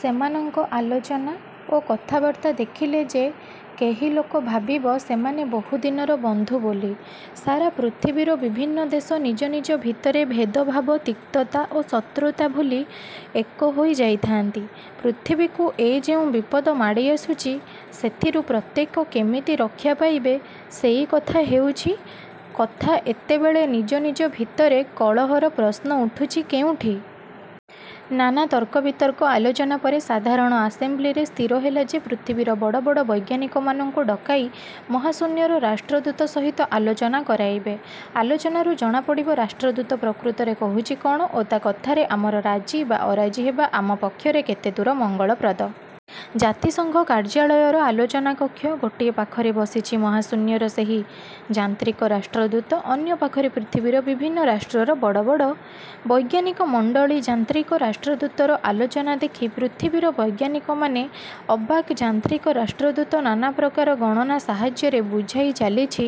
ସେମାନଙ୍କ ଆଲୋଚନା ଓ କଥାବାର୍ତ୍ତା ଦେଖିଲେ ଯେ କେହି ଲୋକ ଭାବିବ, ସେମାନେ ବହୁ ଦିନର ବନ୍ଧୁ ବୋଲି। ସାରା ପୃଥିବୀର ବିଭିନ୍ନ ଦେଶ ନିଜ ନିଜ ଭିତରେ ଭେଦଭାବ ତିକ୍ତତା ଓ ଶତ୍ରୁତା ଭୁଲି ଏକ ହୋଇ ଯାଇଥାନ୍ତି। ପୃଥିବୀକୁ ଏ ଯେଉଁ ବିପଦ ମାଡ଼ି ଆସୁଚି ସେଥିରୁ ପ୍ରତ୍ୟେକ କେମିତି ରକ୍ଷା ପାଇବେ ସେଇ ହେଉଛି କଥା ଏତେବେଳେ ନିଜ ନିଜ ଭିତରେ କଳହର ପ୍ରଶ୍ନ ଉଠୁଛି କେଉଁଠି? ନାନା ତର୍କବିତର୍କ ଆଲୋଚନା ପରେ ସାଧାରଣ ଆସେମ୍ବ୍ଲିରେ ସ୍ଥିର ହେଲା ଯେ ପୃଥିବୀର ବଡ଼ ବଡ଼ ବୈଜ୍ଞାନିକମାନଙ୍କୁ ଡକାଇ ମହାଶୂନ୍ୟର ରାଷ୍ଟ୍ରଦୂତ ସହିତ ଆଲୋଚନା କରାଇବେ। ଆଲୋଚନାରୁ ଜଣା ପଡ଼ିବ ରାଷ୍ଟ୍ରଦୂତ ପ୍ରକୃତରେ କହୁଛି କ'ଣ ଓ ତା କଥାରେ ଆମର ରାଜି ବା ଅରାଜି ହେବା ଆମ ପକ୍ଷରେ କେତେ ଦୂର ମଙ୍ଗଳପ୍ରଦ। ଜାତିସଙ୍ଘ କାର୍ଯ୍ୟାଳୟର ଆଲୋଚନା କକ୍ଷ। ଗୋଟିଏ ପାଖରେ ବସିଛି ମହାଶୂନ୍ୟର ସେହି ଯାନ୍ତ୍ରିକ ରାଷ୍ଟ୍ରଦୂତ ଅନ୍ୟ ପାଖରେ ପୃଥିବୀର ବିଭିନ୍ନ ରାଷ୍ଟ୍ରର ବଡ଼ ବଡ଼। ବୈଜ୍ଞାନିକ ମଣ୍ଡଳୀ ଯାନ୍ତ୍ରିକ ରାଷ୍ଟ୍ରଦୂତର ଆଲୋଚନା ଦେଖି ପୃଥିବୀର ବୈଜ୍ଞାନିକମାନେ ଅବାକ୍ ଯାନ୍ତ୍ରିକ ରାଷ୍ଟ୍ରଦୂତ ନାନାପ୍ରକାର ଗଣନା ସାହାଯ୍ୟରେ ବୁଝାଇ ଚାଲିଛି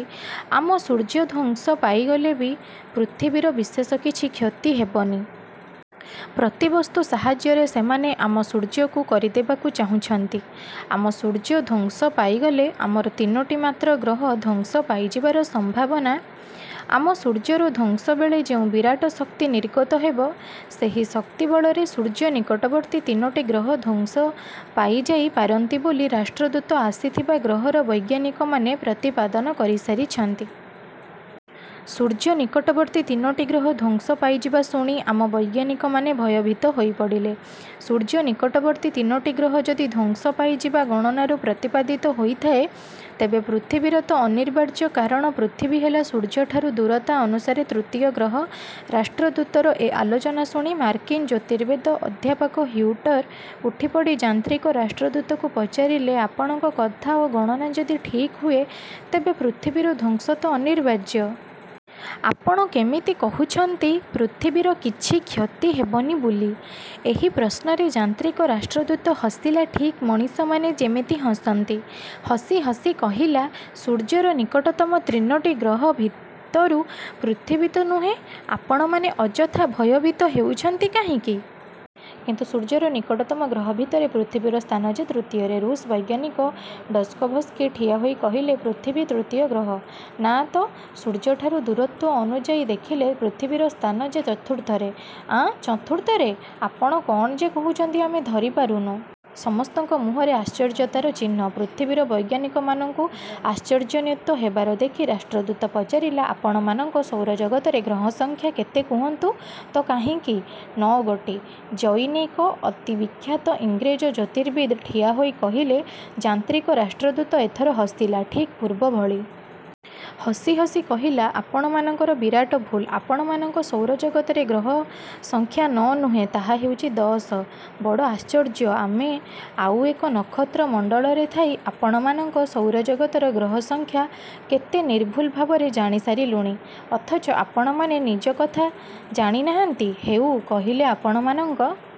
ଆମ ସୂର୍ଯ୍ୟ ଧ୍ୱଂସ ପାଇଗଲେ ବି ପୃଥିବୀର ବିଶେଷ କିଛି କ୍ଷତି ହେବନି। ପ୍ରତିବସ୍ତୁ ସାହାଯ୍ୟରେ ସେମାନେ ଆମ ସୂର୍ଯ୍ୟକୁ କରିଦେବାକୁ ଚାହୁଁଛନ୍ତି। ଆମ ସୂର୍ଯ୍ୟ ଧ୍ୱଂସ ପାଇଗଲେ ଆମର ତିନୋଟି ମାତ୍ର ଗ୍ରହ ଧ୍ୱଂସ ପାଇଯିବାର ସମ୍ଭାବନା। ଆମ ସୂର୍ଯ୍ୟର ଧ୍ୱଂସବେଳେ ଯେଉଁ ବିରାଟ ଶକ୍ତିନିର୍ଗତ ହେବ ସେହି ଶକ୍ତିବଳରେ ସୂର୍ଯ୍ୟନିକଟବର୍ତ୍ତୀ ତିନୋଟି ଗ୍ରହ ଧ୍ୱଂସ ପାଇଯାଇ ପାରନ୍ତି ବୋଲି ରାଷ୍ଟ୍ରଦୂତ ଆସିଥିବା ଗ୍ରହର ବୈଜ୍ଞାନିକମାନେ ପ୍ରତିପାଦନ କରିସାରିଛନ୍ତି। ସୂର୍ଯ୍ୟ ନିକଟବର୍ତ୍ତୀ ତିନୋଟି ଗ୍ରହ ଧ୍ୱଂସ ପାଇଯିବା ଶୁଣି ଆମ ବୈଜ୍ଞାନିକମାନେ ଭୟଭୀତ ହୋଇପଡ଼ିଲେ। ସୂର୍ଯ୍ୟନିକଟବର୍ତ୍ତୀ ତିନୋଟି ଗ୍ରହ ଯଦି ଧ୍ୱଂସ ପାଇଯିବା ଗଣନାରୁ ପ୍ରତିପାଦିତ ହୋଇଥାଏ ତେବେ ପୃଥିବୀର ତ ଅନିବାର୍ଯ୍ୟ କାରଣ ପୃଥିବୀ ହେଲା ସୂର୍ଯ୍ୟଠାରୁ ଦୂରତା ଅନୁସାରେ ତୃତୀୟ ଗ୍ରହ। ରାଷ୍ଟ୍ରଦୂତର ଏ ଆଲୋଚନା ଶୁଣି ମାର୍କିନ୍ ଜ୍ୟୋତିର୍ବିଦ ଅଧ୍ୟାପକ ହିଉଟର ଉଠିପଡ଼ି ଯାନ୍ତ୍ରିକ ରାଷ୍ଟ୍ରଦୂତକୁ ପଚାରିଲେ, ଆପଣଙ୍କ କଥା ଓ ଗଣନା ଯଦି ଠିକ୍ ହୁଏ ତେବେ ପୃଥିବୀର ଧ୍ୱଂସ ତ ଅନିବାର୍ଯ୍ୟ। ଆପଣ କେମିତି କହୁଛନ୍ତି ପୃଥିବୀର କିଛି କ୍ଷତି ହେବନି ବୋଲି। ଏହି ପ୍ରଶ୍ନରେ ଯାନ୍ତ୍ରିକ ରାଷ୍ଟ୍ରଦୂତ ହସିଲା ଠିକ୍ ମଣିଷମାନେ ଯେମିତି ହସନ୍ତି। ହସି ହସି କହିଲା ସୂର୍ଯ୍ୟର ନିକଟତମ ତିନୋଟି ଗ୍ରହ ଭିତରୁ ପୃଥିବୀ ତ ନୁହେଁ ଆପଣମାନେ ଅଯଥା ଭୟଭୀତ ହେଉଛନ୍ତି କାହିଁକି? କିନ୍ତୁ ସୂର୍ଯ୍ୟର ନିକଟତମ ଗ୍ରହ ଭିତରେ ପୃଥିବୀର ସ୍ଥାନ ଯେ ତୃତୀୟରେ। ରୁଷ୍ ବୈଜ୍ଞାନିକ ଡଷ୍କୋଭସ୍କି ଠିଆ ହୋଇ କହିଲେ। ପୃଥିବୀ ତୃତୀୟ ଗ୍ରହ? ନାଁ ତ ସୂର୍ଯ୍ୟଠାରୁ ଦୂରତ୍ୱ ଅନୁଯାୟୀ ଦେଖିଲେ ପୃଥିବୀର ସ୍ଥାନ ଯେ ଚତୁର୍ଥରେ। ଆଁ ଚତୁର୍ଥରେ? ଆପଣ କ'ଣ ଯେ କହୁଛନ୍ତି ଆମେ ଧରିପାରୁନୁ। ସମସ୍ତଙ୍କ ମୁହଁରେ ଆଶ୍ଚର୍ଯ୍ୟତାର ଚିହ୍ନ। ପୃଥିବୀର ବୈଜ୍ଞାନିକମାନଙ୍କୁ ଆଶ୍ଚର୍ଯ୍ୟାନ୍ୱିତ ହେବାର ଦେଖି ରାଷ୍ଟ୍ରଦୂତ ପଚାରିଲା ଆପଣମାନଙ୍କ ସୌରଜଗତରେ ଗ୍ରହ ସଂଖ୍ୟା କେତେ କୁହନ୍ତୁ ତ କାହିଁକି? ନଅ ଗୋଟି। ଜନୈକ ଅତି ବିଖ୍ୟାତ ଇଂରେଜ ଜ୍ୟୋତିର୍ବିତ୍ ଠିଆହୋଇ କହିଲେ। ଯାନ୍ତ୍ରିକ ରାଷ୍ଟ୍ରଦୂତ ଏଥର ହସିଲା, ଠିକ୍ ପୂର୍ବଭଳି। ହସି ହସି କହିଲା ଆପଣମାନଙ୍କର ବିରାଟ ଭୁଲ୍। ଆପଣମାନଙ୍କ ସୌରଜଗତରେ ଗ୍ରହ ସଂଖ୍ୟା ନଅ ନୁହେଁ ତାହା ହେଉଛି ଦଶ। ବଡ଼ ଆଶ୍ଚର୍ଯ୍ୟ ଆମେ ଆଉ ଏକ ନକ୍ଷତ୍ର ମଣ୍ଡଳରେ ଥାଇ ଆପଣମାନଙ୍କ ସୌରଜଗତର ଗ୍ରହ ସଂଖ୍ୟା କେତେ ନିର୍ଭୁଲ ଭାବରେ ଜାଣିସାରିଲୁଣି ଅଥଚ ଆପଣମାନେ ନିଜ କଥା ଜାଣି ନାହାନ୍ତି। ହେଉ କହିଲେଆପଣମାନଙ୍କ